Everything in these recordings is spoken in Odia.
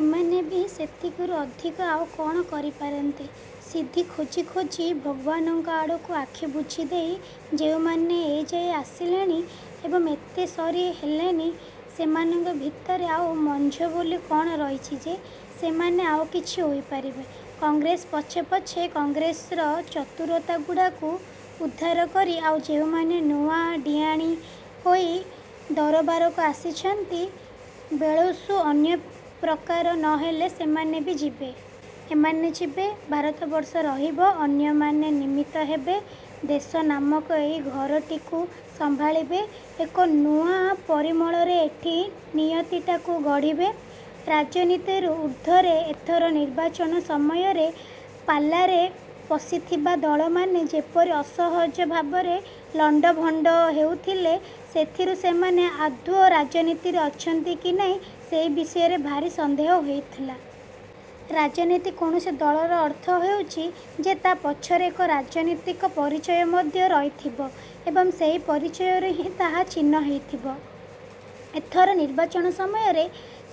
ଏମାନେ ବି ସେତିକିରୁ ଅଧିକ ଆଉ କଣ କରିପାରନ୍ତେ। ସିଦ୍ଧି ଖୋଜି ଖୋଜି ଭଗବାନଙ୍କ ଆଡ଼କୁ ଆଖି ବୁଜିଦେଇ ଯେଉଁମାନେ ଏଯାଏ ଆସିଲେଣି ଏବଂ ଏତେସରି ହେଲେଣି, ସେମାନଙ୍କ ଭିତରେ ଆଉ ମଞ୍ଜ ବୋଲି କଣ ରହିଛି ଯେ, ସେମାନେ ଆଉକିଛି ହୋଇପାରିବେ? କଂଗ୍ରେସ ପଛେ ପଛେ କଂଗ୍ରେସର ଚତୁରତା ଗୁଡ଼ାକୁ ଉଧାର କରି ଆଉ ଯେଉଁମାନେ ନୂଆ ଡ଼ିଆଣୀ ହୋଇ ଦରବାରକୁ ଆସିଛନ୍ତି, ବେଳସୁଁ ଅନ୍ୟ ପ୍ରକାର ନହେଲେ ସେମାନେ ବି ଯିବେ। ଏମାନେ ଯିବେ, ଭାରତବର୍ଷ ରହିବ, ଅନ୍ୟମାନେ ନିମିତ୍ତ ହେବେ। ଦେଶ ନାମକ ଏହି ଘରଟିକୁ ସମ୍ଭାଳିବେ, ଏକ ନୂଆ ପରିମଳରେ ଏଠି ନିୟତିଟାକୁ ଗଢ଼ିବେ। ରାଜନୀତିରୁ ଉର୍ଦ୍ଧ୍ୱରେ ଏଥର ନିର୍ବାଚନ ସମୟରେ ପାଲାରେ ପଶିଥିବା ଦଳମାନେ ଯେପରି ଅସହଜ ଭାବରେ ଲଣ୍ଡଭଣ୍ଡ ହେଉଥିଲେ, ସେଥିରୁ ସେମାନେ ଆଦୌ ରାଜନୀତିରେ ଅଛନ୍ତି କି ନାହିଁ ସେହି ବିଷୟରେ ଭାରି ସନ୍ଦେହ ହୋଇଥିଲା। ରାଜନୀତିକ କୌଣସି ଦଳର ଅର୍ଥ ହେଉଛି ଯେ ତା ପଛରେ ଏକ ରାଜନୀତିକ ପରିଚୟ ମଧ୍ୟ ରହିଥିବ ଏବଂ ସେହି ପରିଚୟରୁ ହିଁ ତାକୁ ଚିହ୍ନି ହେଉଥିବ। ଏଥର ନିର୍ବାଚନ ସମୟରେ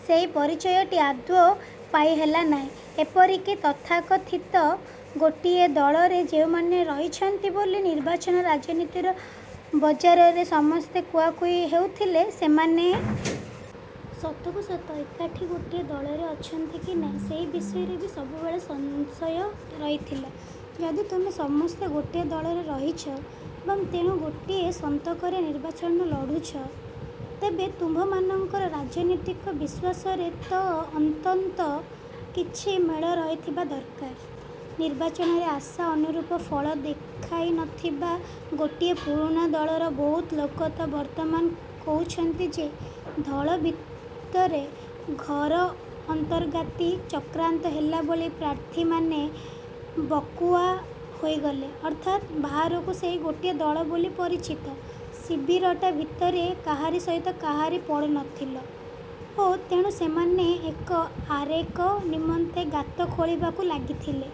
ସେହି ପରିଚୟଟି ଆଦୌ ପାଇହେଲା ନାହିଁ। ଏପରିକି ତଥାକଥିତ ଗୋଟିଏ ଦଳରେ ଯେଉଁମାନେ ରହିଛନ୍ତି ବୋଲି ନିର୍ବାଚନ ରାଜନୀତିର ବଜାରରେ ସମସ୍ତେ କୁହାକୁହି ହେଉଥିଲେ ସେମାନେ ସତକୁ ସତ ଏକାଠି ଗୋଟିଏ ଦଳରେ ଅଛନ୍ତି କି ନାହିଁ, ସେହି ବିଷୟରେ ବି ସବୁବେଳେ ସଂଶୟ ରହିଥିଲା। ଯଦି ତୁମେ ସମସ୍ତେ ଗୋଟିଏ ଦଳରେ ରହିଛ ଏବଂ ତେଣୁ ଗୋଟିଏ ସନ୍ତକରେ ନିର୍ବାଚନ ଲଢୁଛ, ତେବେ ତୁମମାନଙ୍କର ରାଜନୀତିକ ବିଶ୍ୱାସରେ ତ ଅନ୍ତନ୍ତ କିଛି ମେଳ ରହିଥିବା ଦରକାର। ନିର୍ବାଚନରେ ଆଶା ଅନୁରୂପ ଫଳ ଦେଖାଇନଥିବା ଗୋଟିଏ ପୁରୁଣା ଦଳର ବହୁତ ଲୋକ ତ ବର୍ତ୍ତମାନ କହୁଛନ୍ତି ଯେ ଦଳ ଭିତରେ ଘୋର ଅନ୍ତର୍ଘାତୀ ଚକ୍ରାନ୍ତ ହେଲା ବୋଲି ପ୍ରାର୍ଥୀମାନେ ଭକୁଆ ହୋଇଗଲେ ଅର୍ଥାତ୍ ବାହାରକୁ ସେହି ଗୋଟାଏ ଦଳ ବୋଲି ପରିଚିତ ଶିବିରଟା ଭିତରେ କାହାରି ସହିତ କାହାରି ପଡୁନଥିଲ ଓ ତେଣୁ ସେମାନେ ଏକ ଆରେକ ନିମନ୍ତେ ଗାତ ଖୋଳିବାକୁ ଲାଗିଥିଲେ।